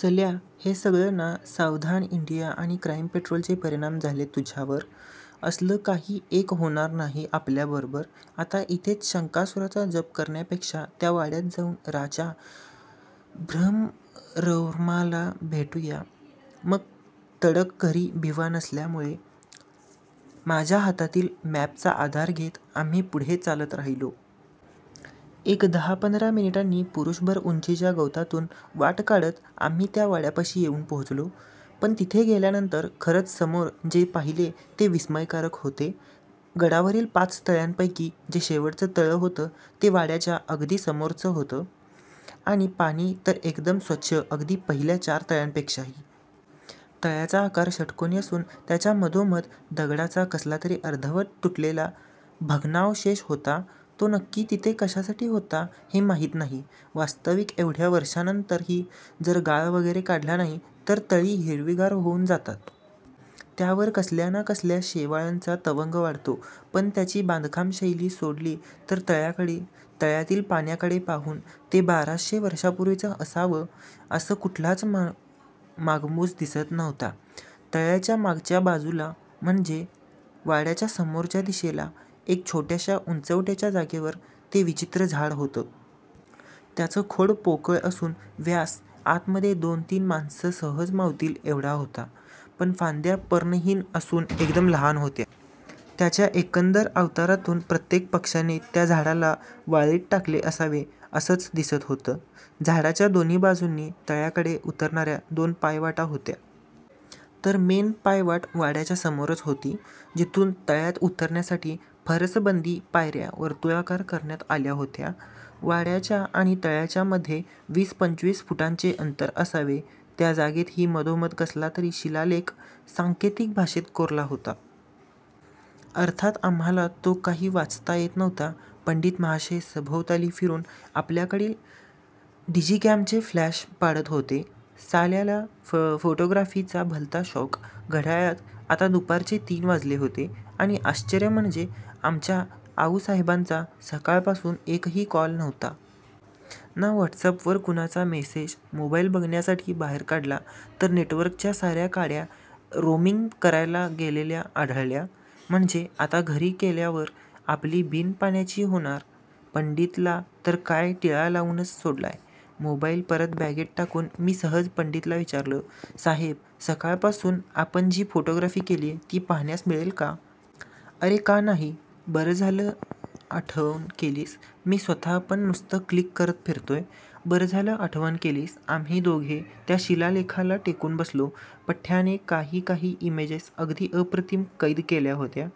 साल्या हे सगळं ना सावधान इंडिया आणि क्राईम पेट्रोलचे परिणाम झालेत तुझ्यावर. असलं काही एक होणार नाही आपल्याबरोबर आता इथेच शंकासुराचा जप करण्यापेक्षा त्या वाड्यात जाऊन राजा भ्रमरवर्माला भेटूया मग तडक घरी. भिवा नसल्यामुळे माझ्या हातातील मॅपचा आधार घेत आम्ही पुढे चालत राहिलो. एक दहा पंधरा मिनिटांनी पुरुषभर उंचीच्या गवतातून वाट काढत आम्ही त्या वाड्यापाशी येऊन पोहोचलो. पण तिथे गेल्यानंतर खरंच समोर जे पाहिले ते विस्मयकारक होते. गडावरील पाच तळ्यांपैकी जे शेवटचं तळं होतं ते वाड्याच्या अगदी समोरच होते आणि पाणी तर एकदम स्वच्छ अगदी पहिल्या चार तळ्यांपेक्षाही. तळ्याचा आकार षटकोणी असून त्याच्या मधोमध दगडाचा कसलातरी अर्धवट तुटलेला भग्नावशेष होता तो नक्की तिथे कशासाठी होता हे माहीत नाही. वास्तविक एवढ्या वर्षांनंतरही जर गाळ वगैरे काढला नाही तर तळी हिरवीगार होऊन जातात. त्यावर कसल्या ना कसल्या शेवाळंचा तवंग वाढतो. पण त्याची बांधकाम शैली सोडली तर तळ्यातील पाण्याकडे पाहून ते बाराशे वर्षांपूर्वीच असावे असा कुठलाच मागमूस दिसत नव्हता. तळ्याच्या मागच्याच बाजूला म्हणजे वाड्याच्या समोरच्या दिशेला एका छोट्याशा उंचवट्यावजा जागेवर ते विचित्र झाड होतं. त्याचं खोड पोकळ असून व्यास आतमध्ये दोनतीन माणसं सहज मावतील एवढा होता. पण फांद्या पर्णहीन असून एकदम लहान होत्या. त्याच्या एकंदर अवतारावरून प्रत्येक पक्षाने त्या झाडाला वाळीत टाकले असावे असंच दिसत होतं. झाडाच्या दोन्ही बाजूंनी तळ्याकडे उतरणाऱ्या दोन पायवाटा होत्या. तर मेन पायवाट वाड्याच्या समोरच होती. जिथून तळ्यात उतरण्यासाठी फरसबंदी पायऱ्या वर्तुळाकार करण्यात आल्या होत्या. वाड्याच्या आणि तळ्याच्या मध्ये वीस पंचवीस फुटांचे अंतर असावे त्या जागेतही मधोमध कसला तरी शिलालेख सांकेतिक भाषेत कोरला होता. अर्थात आम्हाला तो काही वाचता येत नव्हता. पंडित महाशय सभोवताली फिरून आपल्याकडील डिजिकॅमचे फ्लॅश पाडत होते. साल्याला फोटोग्राफीचा भलता शौक घड्याळात आता दुपारचे तीन वाजले होते. आणि आश्चर्य म्हणजे आमच्या आऊ साहेबांचा सकाळपासून एकही कॉल नव्हता. ना व्हॉट्सअॅपवर कुणाचा मेसेज मोबाईल बघण्यासाठी बाहेर काढला तर नेटवर्कच्या साऱ्या काड्या रोमिंग करायला गेलेल्या आढळल्या. म्हणजे आता घरी गेल्यावर आपली बिन पाण्याची होणार. पंडितला तर काय टिळा लावूनच सोडलाय. मोबाईल परत बॅगेत टाकून मी सहज पंडितला विचारलं साहेब सकाळपासून आपण जी फोटोग्राफी केलीय ती पाहण्यास मिळेल काय. अरे का नाही. बरं झालंस आठवण केलीस मी स्वतःपण नुसता क्लिक करत फिरतोय. बरं झालंस आठवण केलीस. आम्ही दोघे त्या शिलालेखाला टेकून बसलो. पठ्याने काही काही इमेजेस अगदी अप्रतिम कैद केल्या होत्या.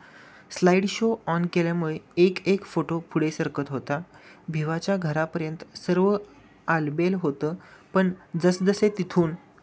स्लाईड शो ऑन केल्यामुळे एक एक फोटो पुढे सरकत होता. भिवाच्या घरापर्यंत सर्व आलबेल होतं पण जसजसे तिथून